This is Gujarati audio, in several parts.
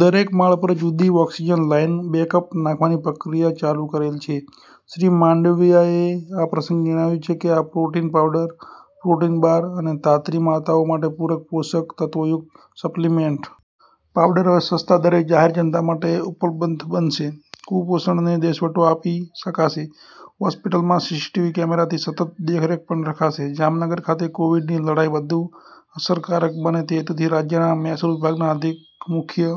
દરેક માળ પર જુદી ઓક્સીજન લાઈન બેકઅપ નાખવાની પ્રક્રિયા ચાલુ કરેલ છે શ્રી માંડવિયા એ આ પ્રસંગે જણાવ્યું છે કે આ પ્રોટીન પાવડર પ્રોટીનબાર અને ધાત્રી માતાઓ માટે પૂરક પોષક તત્વો યુક્ત સપ્લિમેન્ટ પાવડર હવે સસ્તા દરે જાહેરજનતા માટે ઉપલબ્ધબનશે અને કુપોષણને દેશવટો આપી શકાશે હોસ્પીટલમાં સીસીટીવી કેમેરાથી સતત દેખરેખ પણ રખાશે જામનગર ખાતે કોવિડની લડાઈ વધુ અસરકારક બને તે હેતુથી રાજ્યના મહેસૂલ વિભાગના અધિક મુખ્ય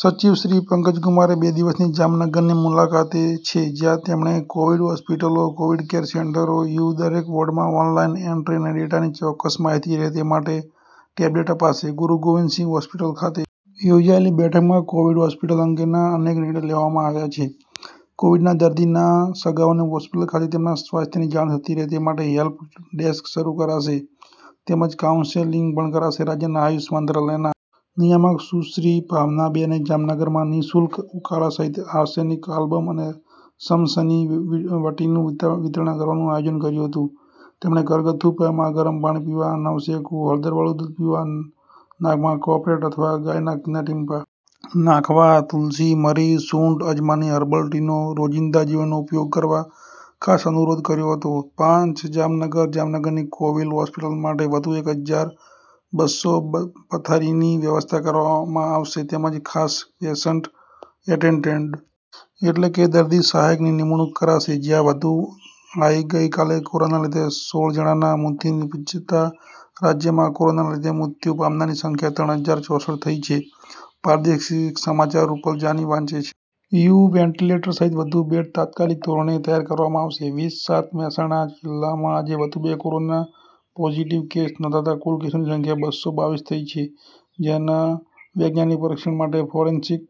સચિવ શ્રી પંકજકુમાર બે દિવસની જામનગરની મુલાકાતે છે જ્યાં તેમણે કોવિડ હોસ્પીટલો કોવિડ કેર સેન્ટરો યુ દરેક વોર્ડમાં ઓનલાઈન એન્ટ્રી અને ડેટાની ચોક્કસ માહિતી રહે તે માટે ટેબલેટ અપાશે ગુર ગોવિંદસિંહ હોસ્પીટલ ખાતે યોજાયેલી બેઠકમાં કોવિડ હોસ્પીટલ અંગેના અનેક નિર્ણયો લેવામાં આવ્યા છે કોવિડના દર્દીના સગાઓને હોસ્પીટલ ખાતેથી તેમના સ્વાથ્યની જાણ થતી રહે તે માટે હેલ્પ ડેસ્ક શરૂ કરાશે તેમજ કાઉન્સેલિંગ પણ કરાશે રાજ્યના આયુષ મંત્રાલયના નિયામક સુશ્રી ભાવનાબેને જામનગરમાં નિઃશુલ્ક ઉકાળા સહિત આર્સેનિક આલ્બમ અને શમશની વટીનું વિતરણ કરવાનું આયોજન કર્યું હતું તેમણે ઘરગથ્થુ ઉપાયમાં ગરમ પાણી પીવા નવશેકું હળદરવાળું દૂધ પીવા નાકમાં કોપરેટ અથવા ગાયના ઘીના ટીપા નાખવા તુલસી મરી સૂંઠ અજમાની હર્બલ ટીનો રોજિંદા જીવનમાં ઉપયોગ કરવા ખાસ અનુરોધ કર્યો હતો પાંચ જામનગર જામનગરની કોવિલ હોસ્પિટલ માટે વધુ એક હજાર બસ્સો પથારીની વ્યવસ્થા કરવામાં આવશે તેમજ ખાસ પેશન્ટ એટેન્ડન્ટ એટલે કે દર્દી સહાયકની નિમણૂક કરાશે જ્યાં વધુ આઈ ગઈકાલે કોરોનાના લીધે સોળ જણાના મૃત્યુ નીપજતા રાજ્યમાં કોરોનાના લીધે મૃત્યુ પામનારની સંખ્યા ત્રણ હજાર ચોસઠ થઈ છે પ્રાદેશિક સમાચાર રૂપલ જાનિ વાંચે છે યુ વેન્ટીલેટર સહિત વધુ બેડ તાત્કાલિક ધોરણે તૈયાર કરવામાં આવશે વીસ સાત મહેસાણા જિલ્લામાં આજે વધુ બે કોરોના પોઝીટીવ કેસ નોંધાતા કુલ કેસોની સંખ્યા બસો બાવીસ થઇ છે જૈના વૈજ્ઞાનિક પરીક્ષણ માટે ફોરેન્સિક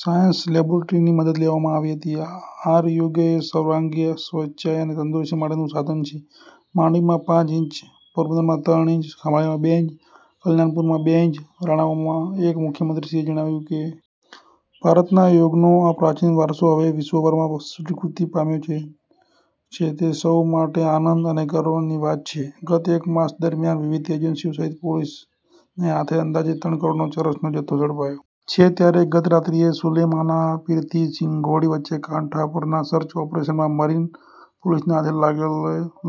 સાયન્સ લેબોરેટરીની મદદ લેવામાં આવી હતી આર યોગએ સર્વાગી સ્વાચ્ય અને તંદુરસ્તી માટેનું સાધન છે માંડવીમાં પાંચ ઇંચ પોરબંદરમાં ત્રણ ઇંચ ખંભાળિયામાં બે ઇંચ કલ્યાણપુરમાં બે ઇંચ રાણાવાવામાં એક મુખ્યમંત્રી શ્રીએ જણાવ્યું કે ભારતના યોગનો આ પ્રાચીન વારસો હવે વિશ્વભરમાં સ્વીકૃતિ પામ્યો છે તે સૌ માટે આનંદ અને ગર્વની વાત છે ગત એક માસ દરમિયાન વિવિધ એજન્સીઓ સહિત પોલીસને હાથે અંદાજે ત્રણ કરોડનાં ચરસનો જથ્થો ઝડપાયો છે ત્યારે ગતરાત્રિએ સુલેમાન પીરથી સિંઘોડી વચ્ચેના કાંઠા પરનાં સર્ચ ઓપરેશનમાં મરીન પોલીસના હાથે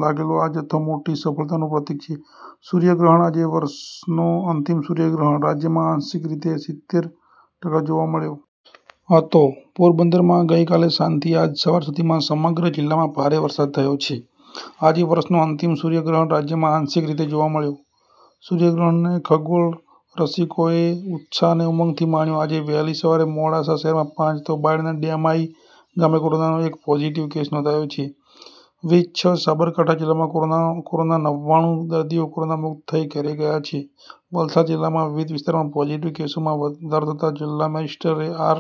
લાગેલો આ જથ્થો મોટી સફળતાનું પ્રતિક છે સૂર્યગ્રહણ આજે વર્ષનો અંતિમ સૂર્યગ્રહણ રાજ્યમાં આંશિક રીતે સિત્તેર ટકા જોવા મળ્યો હતો પોરબંદરમાં ગઇકાલે સાંજથી આજ સવાર સુધીમાં સમગ્ર જિલ્લામાં ભારે વરસાદ થયો છે આજે વર્ષનો અંતિમ સૂર્યગ્રહણ રાજ્યમાં આંશિક રીતે જોવા મળ્યો સૂર્યગ્રહણને ખગોળરસિકોએ ઉત્સાહ અને ઉમંગથી માણ્યો આજે વહેલી સવારે મોડાસા શહેરમાં પાંચ તો બાયડના ડેમાઈ ગામે કોરોનાનો એક પોઝિટિવ કેસ નોંધાયો છે વીસ છ સાબરકાંઠા જિલ્લામાં કોરોનાના નવ્વાણું દર્દીઓ કોરોના મુક્ત થઈ ઘરે ગયા છે વલસાડ જિલ્લાના વિવિધ વિસ્તારોમાં પોઝીટીવ કેસોમાં વધારો નોંધાતા જિલ્લા મેજીસ્ટ્રેટ આર।